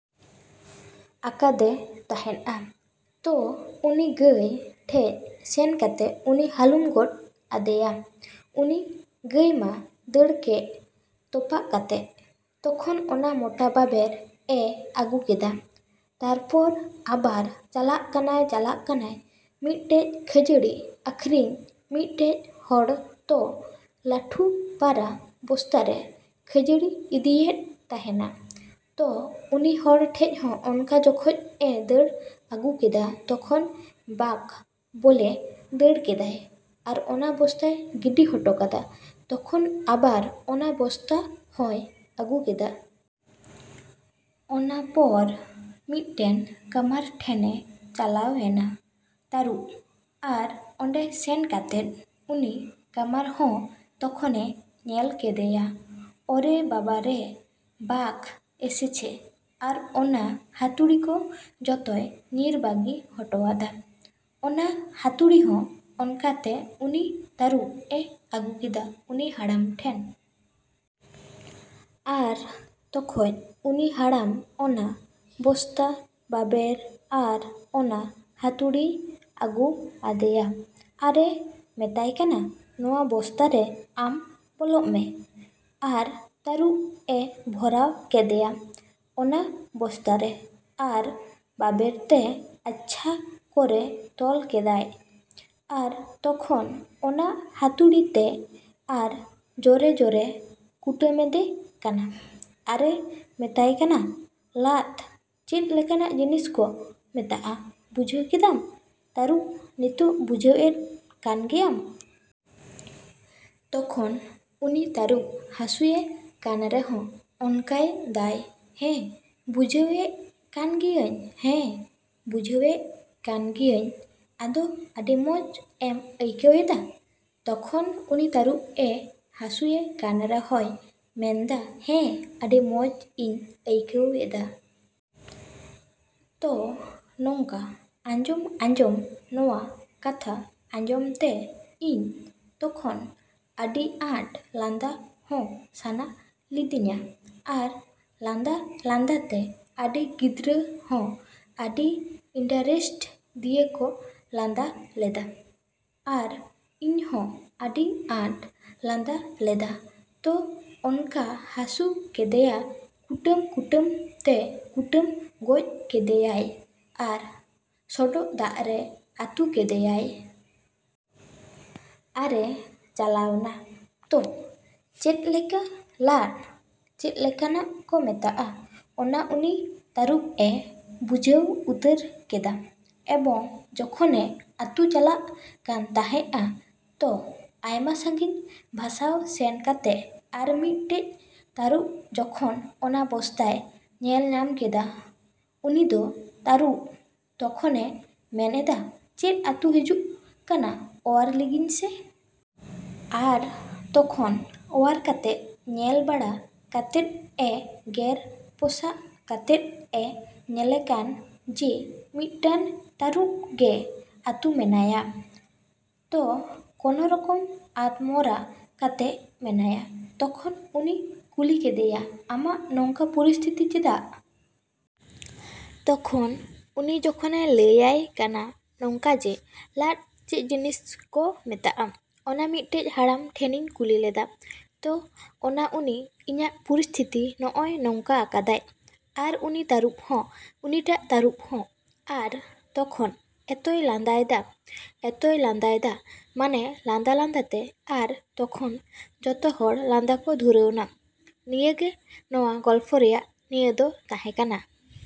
ᱟᱠᱟᱫᱮ ᱛᱟᱸᱦᱮᱫᱼᱟ᱾ ᱛᱚ ᱩᱱᱤ ᱜᱟᱹᱭ ᱴᱷᱮᱡ ᱥᱮᱱ ᱠᱟᱛᱮᱜ ᱩᱱᱤ ᱦᱟᱹᱞᱩᱢ ᱜᱚᱫ ᱟᱫᱮᱭᱟ ᱩᱱᱤ ᱜᱟᱹᱭ ᱢᱟ ᱫᱟᱹᱲ ᱠᱮᱜ ᱛᱚᱯᱟᱜ ᱠᱟᱛᱮᱜ ᱛᱚᱠᱷᱚᱱ ᱚᱱᱟ ᱢᱚᱴᱟ ᱵᱟᱵᱮᱨ ᱮ ᱟᱹᱜᱩ ᱠᱮᱫᱟ᱾ ᱛᱟᱨᱯᱚᱨ ᱟᱵᱟᱨ ᱪᱟᱞᱟᱜ ᱠᱟᱱᱟᱭ ᱪᱟᱞᱟᱜ ᱠᱟᱱᱟᱭ ᱢᱤᱫᱴᱮᱡ ᱠᱷᱟᱹᱡᱟᱹᱲᱤ ᱟᱠᱷᱨᱤᱧ ᱢᱤᱫᱴᱮᱡ ᱦᱚᱲ ᱛᱚ ᱞᱟᱹᱴᱷᱩ ᱯᱟᱨᱟ ᱵᱚᱥᱛᱟᱨᱮ ᱠᱷᱟᱹᱡᱟᱲᱤ ᱤᱫᱤᱭᱮᱫ ᱛᱟᱸᱦᱮᱱᱟ ᱛᱚ ᱩᱱᱤ ᱦᱚᱲ ᱴᱷᱮᱡ ᱦᱚᱸ ᱚᱱᱠᱟ ᱡᱚᱠᱷᱚᱡ ᱮ ᱫᱟᱹᱲ ᱟᱹᱜᱩ ᱠᱮᱫᱟ ᱛᱚᱠᱷᱚᱱ ᱵᱟᱜᱷ ᱵᱚᱞᱮ ᱫᱟᱹᱲ ᱠᱮᱫᱟᱭ ᱟᱨ ᱚᱱᱟ ᱵᱚᱥᱛᱟᱭ ᱜᱤᱰᱤ ᱦᱚᱴᱚ ᱠᱟᱫᱟ ᱛᱚᱠᱷᱚᱱ ᱟᱵᱟᱨ ᱚᱱᱟ ᱵᱚᱥᱛᱟ ᱦᱚᱸᱭ ᱟᱹᱜᱩ ᱠᱮᱫᱟ᱾ ᱚᱱᱟᱯᱚᱨ ᱢᱤᱫᱴᱮᱱ ᱠᱟᱢᱟᱨ ᱴᱷᱮᱱᱮ ᱪᱟᱞᱟᱣ ᱮᱱᱟ ᱛᱟᱹᱨᱩᱵᱽ ᱟᱨ ᱚᱸᱰᱮ ᱥᱮᱱ ᱠᱟᱛᱮᱫ ᱩᱱᱤ ᱠᱟᱢᱟᱨ ᱦᱚᱸ ᱛᱚᱠᱷᱚᱱᱮ ᱧᱮᱞ ᱠᱮᱫᱮᱭᱟ ᱚᱨᱮ ᱵᱟᱵᱟᱨᱮ ᱵᱟᱜᱷ ᱮᱥᱮᱪᱷᱮ ᱟᱨ ᱚᱱᱟ ᱦᱟᱹᱛᱩᱲᱤ ᱠᱚ ᱡᱚᱛᱚᱭ ᱧᱤᱨ ᱵᱟᱹᱜᱤ ᱦᱚᱴᱚ ᱟᱫᱟ᱾ ᱚᱱᱟ ᱦᱟᱹᱛᱩᱲᱤ ᱦᱚᱸ ᱚᱱᱠᱟᱛᱮ ᱩᱱᱤ ᱛᱟᱹᱨᱩᱵᱽ ᱮ ᱟᱜᱩ ᱠᱮᱫᱟ ᱩᱱᱤ ᱦᱟᱲᱟᱢ ᱴᱷᱮᱱ᱾ ᱟᱨ ᱛᱚᱠᱷᱚᱡ ᱩᱱᱤ ᱦᱟᱲᱟᱢ ᱚᱱᱟ ᱵᱚᱥᱛᱟ, ᱵᱟᱵᱮᱨ, ᱟᱨ ᱚᱱᱟ ᱦᱟᱹᱛᱩᱲᱤᱭ ᱟᱹᱜᱩ ᱟᱫᱮᱭᱟ ᱟᱨᱮ ᱢᱮᱛᱟᱭ ᱠᱟᱱᱟ ᱱᱚᱣᱟ ᱵᱚᱥᱛᱟ ᱨᱮ ᱟᱢ ᱵᱚᱞᱚᱜ ᱢᱮ᱾ ᱟᱨ ᱛᱟᱹᱨᱩᱵᱽ ᱮ ᱵᱷᱚᱨᱟᱣ ᱠᱮᱫᱮᱭᱟ ᱚᱱᱟ ᱵᱚᱥᱛᱟᱨᱮ ᱟᱨ ᱵᱟᱵᱮᱨᱛᱮ ᱟᱪᱪᱷᱟ ᱠᱚᱨᱮ ᱛᱚᱞ ᱠᱮᱫᱮᱭᱟ ᱟᱨ ᱛᱚᱠᱷᱚᱱ ᱚᱱᱟ ᱦᱟᱹᱛᱩᱲᱤ ᱛᱮ ᱟᱨ ᱡᱚᱨᱮ ᱡᱚᱨᱮ ᱠᱩᱴᱟᱹᱢᱮᱫᱮ ᱠᱟᱱᱟ ᱟᱨᱮ ᱢᱮᱛᱟᱭ ᱠᱟᱱᱟ ᱞᱟᱫᱽ ᱪᱮᱫ ᱞᱮᱠᱟᱱᱟᱜ ᱡᱤᱱᱤᱥ ᱠᱚ ᱢᱮᱛᱟᱜᱼᱟ ᱵᱩᱡᱷᱟᱹᱣ ᱠᱮᱫᱟᱢ ᱛᱟᱹᱨᱩᱵᱽ ᱱᱤᱛᱚᱜ ᱵᱩᱡᱷᱟᱹᱣ ᱮᱫ ᱠᱟᱱ ᱜᱮᱭᱟᱢ᱾ ᱛᱚᱠᱷᱚᱱ ᱩᱱᱤ ᱛᱟᱹᱨᱩᱵᱽ ᱦᱟᱹᱥᱩᱭᱮ ᱠᱟᱱ ᱨᱮᱦᱚᱸ ᱚᱱᱠᱟᱭ ᱫᱟᱭ ᱦᱮᱸ ᱵᱩᱡᱷᱟᱹᱣ ᱮᱜ ᱠᱟᱱ ᱜᱮᱭᱟᱹᱧ ᱦᱮᱸ ᱵᱩᱡᱷᱟᱹᱣ ᱮᱜ ᱠᱟᱱ ᱜᱮᱭᱟᱹᱧ ᱟᱫᱚ ᱟᱹᱰᱤ ᱢᱚᱸᱡ ᱮᱢ ᱟᱹᱭᱠᱟᱹᱣ ᱮᱫᱟ ᱛᱚᱠᱷᱚᱱ ᱩᱱᱤ ᱛᱟᱹᱨᱩᱵᱽ ᱮ ᱦᱟᱹᱥᱩᱭᱮ ᱠᱟᱱ ᱨᱮᱦᱚᱭ ᱢᱮᱱᱫᱟ ᱦᱮᱸ ᱟᱹᱰᱤ ᱢᱚᱸᱡ ᱤᱧ ᱟᱹᱭᱠᱟᱹᱣ ᱮᱫᱟ᱾ ᱛᱚ ᱱᱚᱝᱠᱟ ᱟᱸᱡᱚᱢ ᱟᱸᱡᱚᱢ ᱱᱚᱣᱟ ᱠᱟᱛᱷᱟ ᱟᱸᱡᱚᱢ ᱛᱮ ᱤᱧ ᱛᱚᱠᱷᱚᱱ ᱟᱹᱰᱤ ᱟᱸᱴ ᱞᱟᱸᱫᱟ ᱦᱚᱸ ᱥᱟᱱᱟ ᱞᱤᱫᱤᱧᱟ ᱟᱨ ᱞᱟᱸᱫᱟ ᱞᱟᱸᱫᱟ ᱛᱮ ᱟᱹᱰᱤ ᱜᱤᱫᱽᱨᱟᱹ ᱦᱚᱸ ᱟᱹᱰᱤ ᱤᱱᱴᱟᱨᱮᱥᱴ ᱫᱤᱭᱮ ᱠᱚ ᱞᱟᱸᱫᱟ ᱞᱮᱫᱟ᱾ ᱟᱨ ᱤᱧᱦᱚᱸ ᱟᱹᱰᱤ ᱟᱸᱴ ᱞᱟᱸᱫᱟ ᱞᱮᱫᱟ ᱛᱚ ᱚᱱᱠᱟ ᱦᱟᱹᱥᱩ ᱠᱮᱫᱮᱭᱟ ᱠᱩᱴᱟᱹᱢ ᱠᱩᱴᱟᱹᱢ ᱛᱮ ᱠᱩᱴᱟᱹᱢ ᱜᱚᱡ ᱠᱮᱫᱮᱭᱟᱭ ᱟᱨ ᱥᱚᱰᱚᱜ ᱫᱟᱜ ᱨᱮ ᱟᱹᱛᱩ ᱠᱟᱫᱮᱭᱟᱭ᱾ ᱟᱨᱮ ᱪᱟᱞᱟᱣᱱᱟ ᱛᱚ ᱪᱮᱫ ᱞᱮᱠᱟ ᱞᱟᱫᱽ ᱪᱮᱫ ᱞᱮᱠᱟᱱᱟᱜ ᱠᱚ ᱢᱮᱛᱟᱜᱼᱟ ᱚᱱᱟ ᱩᱱᱤ ᱛᱟᱹᱨᱩᱵᱽ ᱮ ᱵᱩᱡᱷᱟᱹᱣ ᱩᱛᱟᱹᱨ ᱠᱮᱫᱟ ᱮᱵᱚᱝ ᱡᱚᱠᱷᱚᱱᱮ ᱟᱹᱛᱩ ᱪᱟᱞᱟᱜ ᱠᱟᱱ ᱛᱟᱸᱦᱮᱜᱼᱟ ᱛᱚ ᱟᱭᱢᱟ ᱥᱟᱹᱜᱤᱧ ᱵᱷᱟᱥᱟᱣ ᱥᱮᱱ ᱠᱟᱛᱮᱜ ᱟᱨ ᱢᱤᱫᱴᱮᱡ ᱛᱟᱹᱨᱩᱵᱽ ᱡᱚᱠᱷᱚᱱ ᱚᱱᱟ ᱵᱚᱥᱛᱟᱭ ᱧᱮᱞ ᱧᱟᱢ ᱠᱮᱫᱟ ᱩᱱᱤ ᱫᱚ ᱛᱟᱹᱨᱩᱵᱽ ᱛᱚᱠᱷᱚᱱᱮ ᱢᱮᱱ ᱮᱫᱟ ᱪᱮᱫ ᱟᱹᱛᱩ ᱦᱤᱡᱩᱜ ᱠᱟᱱᱟ ᱚᱣᱟᱨ ᱞᱤᱜᱤᱧ ᱥᱮ᱾ ᱟᱨ ᱛᱚᱠᱷᱚᱱ ᱚᱣᱟᱨ ᱠᱟᱛᱮᱜ ᱧᱮᱞ ᱵᱟᱲᱟ ᱠᱟᱛᱮᱫ ᱮ ᱜᱮᱨ ᱯᱚᱥᱟᱜ ᱠᱟᱛᱮᱫ ᱮ ᱧᱮᱞᱮ ᱠᱟᱱ ᱡᱮ ᱢᱤᱫᱴᱟᱱ ᱛᱟᱹᱨᱩᱵᱽ ᱜᱮ ᱟᱹᱛᱩ ᱢᱮᱱᱟᱭᱟ᱾ ᱛᱚ ᱠᱚᱱᱚ ᱨᱚᱠᱚᱢ ᱟᱫᱽᱢᱚᱨᱟ ᱠᱟᱛᱮᱜ ᱢᱮᱱᱟᱭᱟ ᱛᱚᱠᱷᱚᱱ ᱩᱱᱤ ᱠᱩᱞᱤ ᱠᱮᱫᱮᱭᱟ ᱟᱢᱟᱜ ᱱᱚᱝᱠᱟ ᱯᱚᱨᱤᱥᱛᱷᱤᱛᱤ ᱪᱮᱫᱟᱜ? ᱛᱚᱠᱷᱚᱱ ᱩᱱᱤ ᱡᱚᱠᱷᱚᱱᱮ ᱞᱟᱹᱭ ᱟᱭ ᱠᱟᱱᱟ ᱱᱚᱝᱠᱟ ᱡᱮ ᱞᱟᱫᱽ ᱪᱮᱫ ᱡᱤᱱᱤᱥ ᱠᱚ ᱢᱮᱛᱟᱜᱼᱟ ᱚᱱᱟ ᱢᱤᱫᱴᱮᱡ ᱦᱟᱲᱟᱢ ᱴᱷᱮᱱᱤᱧ ᱠᱩᱞᱤ ᱞᱮᱫᱟ ᱛᱚ ᱚᱱᱟ ᱩᱱᱤ ᱤᱧᱟᱹᱜ ᱯᱚᱨᱤᱥᱛᱷᱤᱛᱤ ᱱᱚᱜᱼᱚᱭ ᱱᱚᱝᱠᱟ ᱟᱠᱟᱫᱟᱭ᱾ ᱟᱨ ᱩᱱᱤ ᱛᱟᱹᱨᱩᱵᱽ ᱦᱚᱸ ᱩᱱᱤᱴᱟᱜ ᱛᱟᱹᱨᱩᱵᱽ ᱦᱚᱸ ᱟᱨ ᱛᱚᱠᱷᱚᱱ ᱮᱛᱚᱭ ᱞᱟᱸᱫᱟᱭ ᱫᱟ, ᱮᱛᱚᱭ ᱞᱟᱸᱫᱟᱭ ᱫᱟ ᱢᱟᱱᱮ ᱞᱟᱸᱫᱟ ᱞᱟᱸᱫᱟᱛᱮ ᱟᱨ ᱛᱚᱠᱷᱚᱱ ᱡᱚᱛᱚ ᱦᱚᱲ ᱞᱟᱸᱫᱟ ᱠᱚ ᱫᱷᱩᱨᱟᱹᱣᱱᱟ᱾ ᱱᱤᱭᱟᱹᱜᱮ ᱱᱚᱣᱟ ᱜᱚᱞᱯᱷᱚ ᱨᱮᱭᱟᱜ ᱱᱤᱭᱟᱹ ᱫᱚ ᱛᱟᱸᱦᱮ ᱠᱟᱱᱟ।